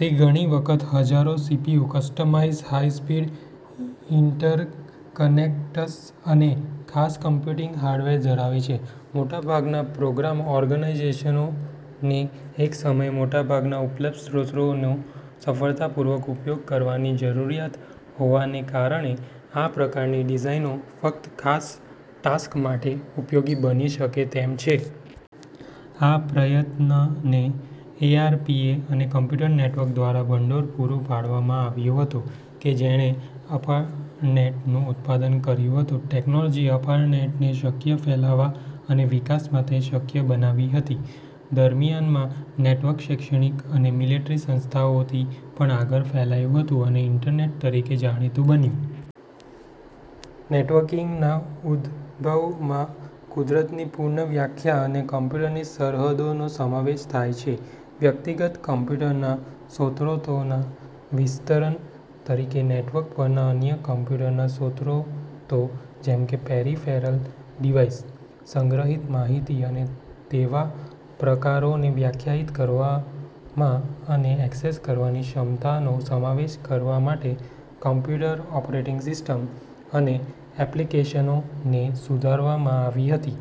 તે ઘણી વખત હજ્જારો CPU, customized high speed interconnects અને ખાસ કમ્પ્યુટીંગ હાર્ડવેર ધરાવે છે. મોટા ભાગના પ્રોગ્રામ ઓર્ગેનાઇઝેશનોને એક સમયે મોટા ભાગના ઉપલબ્ધ સ્ત્રોતોનો સફળતાપૂર્વક ઉપયોગ કરવાની જરૂરિયાત હોવાને કારણે આ પ્રકારની ડિઝાઇનો ફક્ત ખાસ ટાસ્ક માટે ઉપયોગી બની શકે તેમ છે. આ પ્રયત્નને એઆરપીએ અને કમ્પ્યુટર નેટવર્ક દ્વારા ભંડોળ પૂરું પાડવામાં આવ્યું હતું કે જેણે અર્પાનેટ નું ઉત્પાદન કર્યું હતું. ટેકનોલોજીએ અર્પાનેટને શક્ય ફેલાવા અને વિકાસ માટે શક્ય બનાવી હતી. દરમિયાનમાં નેટવર્ક શૈક્ષણિક અને મિલીટરી સંસ્થાઓથી પણ આગળ ફેલાયું હતું અને ઇન્ટરનેટ તરીકે જાણીતુ બન્યુ. નેટવર્કીંગના ઉદભવમાં કુદરતની પુનઃવ્યખ્યા અને કમ્પ્યુટરની સરહદોનો સમાવેશ થાય છે. વ્યક્તિગત કમ્પ્યુટરના સ્ત્રોતોના વિસ્તરણ તરીકે નેટવર્ક પરના અન્ય કમ્પ્યુટરના સ્ત્રોતો જેમ કે પેરિફેરલ ડિવાઇસ, સંગ્રહીત માહિતી અને તેવા પ્રકારોને વ્યાખ્યાયિત કરવામાં અને એક્સેસ કરવાની ક્ષમતાનો સમાવેશ કરવા માટે કમ્પ્યુટર ઓપરેટિંગ સિસ્ટમ્સ અને એપ્લીકેશનોને સુધારવામાં આવી હતી.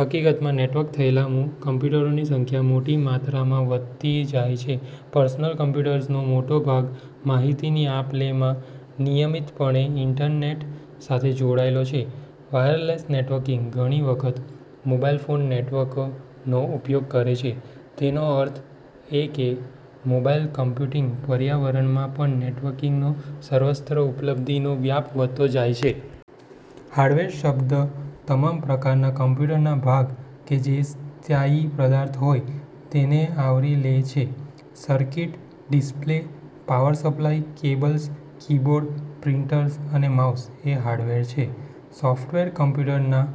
હકીકતમાં નેટવર્ક થયેલા કમ્પ્યુટરોની સંખ્યા મોટી માત્રામાં વધતી જાય છે. પર્સનલ કમ્પ્યુટર્સનો મોટો ભાગ માહિતીની આપ-લેમાં નિયમિતપણે ઇન્ટરનેટ સાથે જોડાયેલો છે. "વાયરલેસ" નેટવર્કીંગ ઘણી વખત મોબાઇલ ફોન નેટવર્કનો ઉપયોગ કરે છે, તેનો અર્થ એ કે મોબાઇલ કમ્પ્યુટીંગ પર્યાવરણમાં પણ નેટવર્કીંગનો સર્વસ્વ ઉપલબ્ધિનો વ્યાપ વધતો જાય છે. હાર્ડવેર શબ્દ તમામ પ્રકારના કમ્પ્યુટરના ભાગ કે જે સ્થાયી પદાર્થ હોય તેને આવરી લે છે. Circuit, display, power supply, cables, keyboard, printers અને માઇસ એ હાર્ડવેર છે. સોફ્ટવેર કમ્પ્યુટરના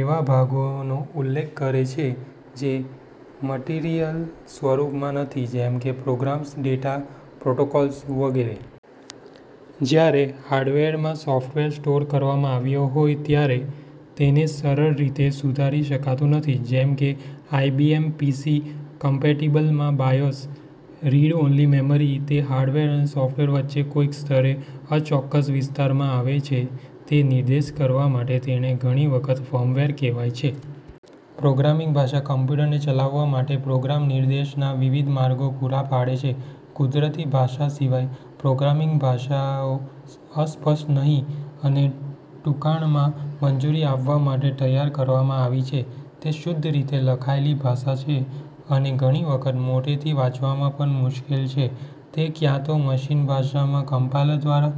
એવા ભાગોનો ઉલ્લેખ કરે છે, જે મટીરીયલ સ્વરૂપમાં નથી, જેમ કે પ્રોગ્રામ્સ, ડેટા, પ્રોટોકોલ્સ વગેરે. જ્યારે હાર્ડવેરમાં સોફ્ટવેર સ્ટોર કરવામાં આવ્યો હોય ત્યારે, તેને સરળ રીતે સુધારી શકાતું નથી જેમ કે આઇબીએમ પીસી કોમ્પેટીબલમાં બાયોસ, રિડ-ઓન્લી મેમરી, તે હાર્ડવેર અને સોફ્ટવેર વચ્ચે કોઇક સ્થળે અચોક્કસ વિસ્તારમાં આવે છે તે નિર્દેશ કરવા માટે તેને ઘણી વખત "ફર્મવેર" કહેવાય છે. પ્રોગ્રામીંગ ભાષા કમ્પ્યુટરને ચલાવવા માટે પ્રોગ્રામ નિર્દેશના વિવિધ માર્ગો પૂરા પાડે છે કુદરતી ભાષા સિવાય, પ્રોગ્રામીંગ ભાષાઓ અસ્પષ્ટ નહી અને ટૂંકાણમાં મંજૂરી આપવા માટે તૈયાર કરવામાં આવી છે. તે શુદ્ધ રીતે લખાયેલી ભાષા છે અને ઘણી વખત મોટેથી વાંચવામાં પણ મુશ્કેલ છે તે ક્યાંતો મશિન ભાષામાં કમ્પાઇલર દ્વારા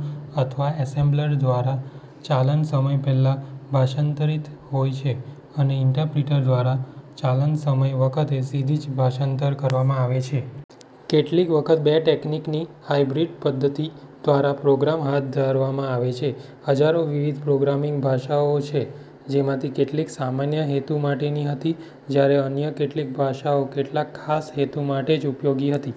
અથવા એસેમ્બ્લર દ્વારા ચાલનસમય પહેલા ભાષાંતરીત હોય છે અથવા ઇન્ટરપ્રિટર દ્વારા ચાલનસમય વખતે સીધી જ ભાષાંતર કરવામાં આવે છે. કેટલીક વખત બે ટેકનીકની હાઇબ્રીડ પદ્ધતિ દ્વારા પ્રોગ્રામ હાથ ધરવામાં આવે છે. હજ્જારો વિવિધ પ્રોગ્રામીંગ ભાષાઓ છે-જેમાંની કેટલીક સામાન્ય હેતુ માટેની હતી, જ્યારે અન્ય કેટલીક ભાષાઓ કેટલાક ખાસ હેતુ માટે જ ઉપયોગી હતી.